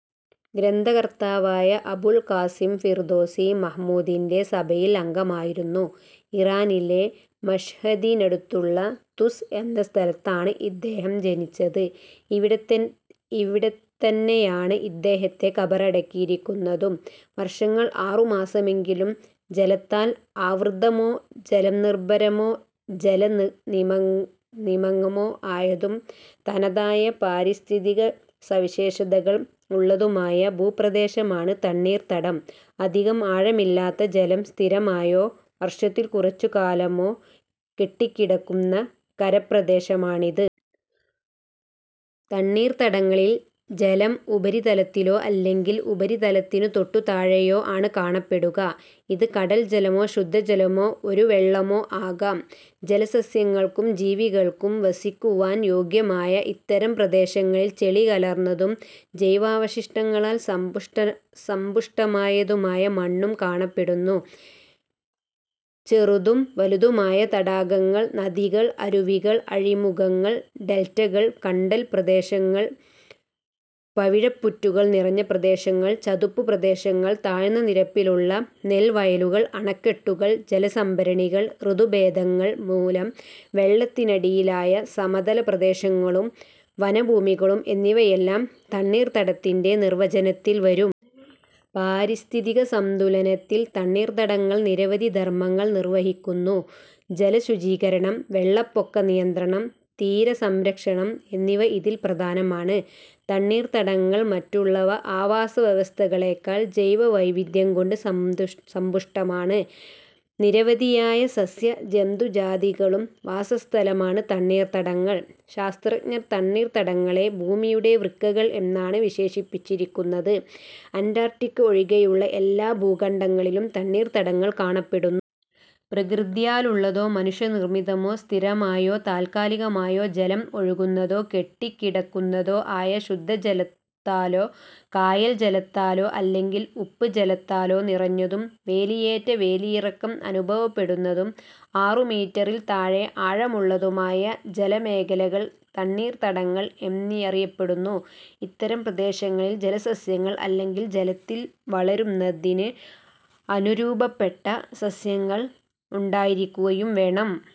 ഗ്രന്ഥകർത്താവായ Abul Qasim Firdausi മഹ്മൂദിന്റെ സഭയിലെ അംഗമായിരുന്നു. ഇറാനിലെ മശ്ഹദിനടുത്തുള്ള തുസ് എന്ന സ്ഥലത്താണ് ഇദ്ദേഹം ജനിച്ചത്. ഇവിടെത്തന്നെയാണ് ഇദ്ദേഹത്തെ ഖബറടക്കിയിരിക്കുന്നതും. വർഷത്തിൽ ആറുമാസമെങ്കിലും ജലത്താൽ ആവൃതമോ ജലനിർഭരമോ ജലനിമഗ്നമോ ആയതും തനതായ പാരിസ്ഥിതികസവിശേഷതകൾ ഉള്ളതുമായ ഭൂപ്രദേശമാണ് തണ്ണീർത്തടം. അധികം ആഴമില്ലാതെ ജലം സ്ഥിരമായോ, വർഷത്തിൽ കുറച്ചു കാലമോ കെട്ടിക്കിടക്കുന്ന കരപ്രദേശമാണിത്. തണ്ണീർത്തടങ്ങളിൽ ജലം ഉപരിതലത്തിലോ അല്ലെങ്കിൽ ഉപരിതലത്തിനു തൊട്ടുതാഴെയോ ആണ് കാണപ്പെടുക. ഇത് കടൽ ജലമോ ശുദ്ധജലമോ ഓരുവെള്ളമോ ആകാം. ജലസസ്യങ്ങൾക്കും ജീവികൾക്കും വസിക്കുവാൻ യോഗ്യമായ ഇത്തരം പ്രദേശങ്ങളിൽ ചെളി കലർന്നതും ജൈവാവശിഷ്ടങ്ങളാൽ സമ്പുഷ്ടമായതുമായ മണ്ണു കാണപ്പെടുന്നു. ചെറുതും വലുതുമായ തടാകങ്ങൾ, നദികൾ, അരുവികൾ. അഴിമുഖങ്ങൾ. ഡെൽറ്റകൾ, കണ്ടൽ പ്രദേശങ്ങൾ, പവിഴപ്പുറ്റുകൾ നിറഞ്ഞ പ്രദേശങ്ങൾ, ചതുപ്പ് പ്രദേശങ്ങൾ, താഴ്ന്ന നിരപ്പിലുള്ള നെൽവയലുകൾ, അണക്കെട്ടുകൾ, ജലസംഭരണികൾ, ഋതുഭേദങ്ങൾ മൂലം വെള്ളത്തിനടിയിലായ സമതല പ്രദേശങ്ങളും വനഭൂമികളും എന്നിവയെല്ലാം തണ്ണീർത്തടത്തിന്റെ നിർവ്വചനത്തിൽ വരും. പാരിസ്ഥിതികസംതുലനത്തിൽ തണ്ണീർത്തടങ്ങൾ നിരവധി ധർമങ്ങൾ നിർവ്വഹിക്കുന്നു. ജലശുചീകരണം, വെള്ളപ്പൊക്കനിയന്ത്രണം, തീരസംരക്ഷണം എന്നിവ ഇതിൽ പ്രധാനമാണ്. തണ്ണീർത്തടങ്ങൾ മറ്റുള്ള ആവാസ വ്യവസ്ഥകളെക്കാൾ ജൈവവൈവിധ്യം കൊണ്ട് സമ്പുഷ്ടമാണ്. നിരവധിയായ സസ്യ-ജന്തുജാതികളുടെ വാസസ്ഥലമാണ് തണ്ണീർത്തടങ്ങൾ. ശാസ്ത്രജ്ഞർ തണ്ണീർത്തടങ്ങളെ ഭൂമിയുടെ വൃക്കകൾ എന്നാണ് വിശേഷിപ്പിച്ചിരിക്കുന്നത്. അന്റാർട്ടിക്ക ഒഴികെയുള്ള എല്ലാ ഭൂഖണ്ഡങ്ങളിലും തണ്ണീർത്തടങ്ങൾ കാണപ്പെടുന്നു. പ്രകൃത്യാലുള്ളതോ, മനുഷ്യ നിർമിതമോ, സ്ഥിരമായോ താൽക്കാലികമായോ ജലം ഒഴുകുന്നതോ, കെട്ടിക്കിടക്കുന്നതോ ആയ, ശുദ്ധജലത്താലോ കായൽ ജലത്താലോ അല്ലെങ്കിൽ ഉപ്പ് ജലത്താലോ നിറഞ്ഞതും വേലിയേറ്റ വേലിയിറക്കം അനുഭവപ്പെടുന്നതും, ആറു മീറ്ററിൽ താഴെ ആഴമുള്ളതുമായ ജലമേഖലകൾ തണ്ണീർത്തടങ്ങൾ എന്നറിയപ്പെടുന്നു. ഇത്തരം പ്രദേശങ്ങളിൽ ജലസസ്യങ്ങൾ അല്ലെങ്കിൽ ജലത്തിൽ വളരുന്നതിന് അനുരൂപപ്പെട്ട സസ്യങ്ങൾ ഉണ്ടായിരിക്കുകയും വേണം.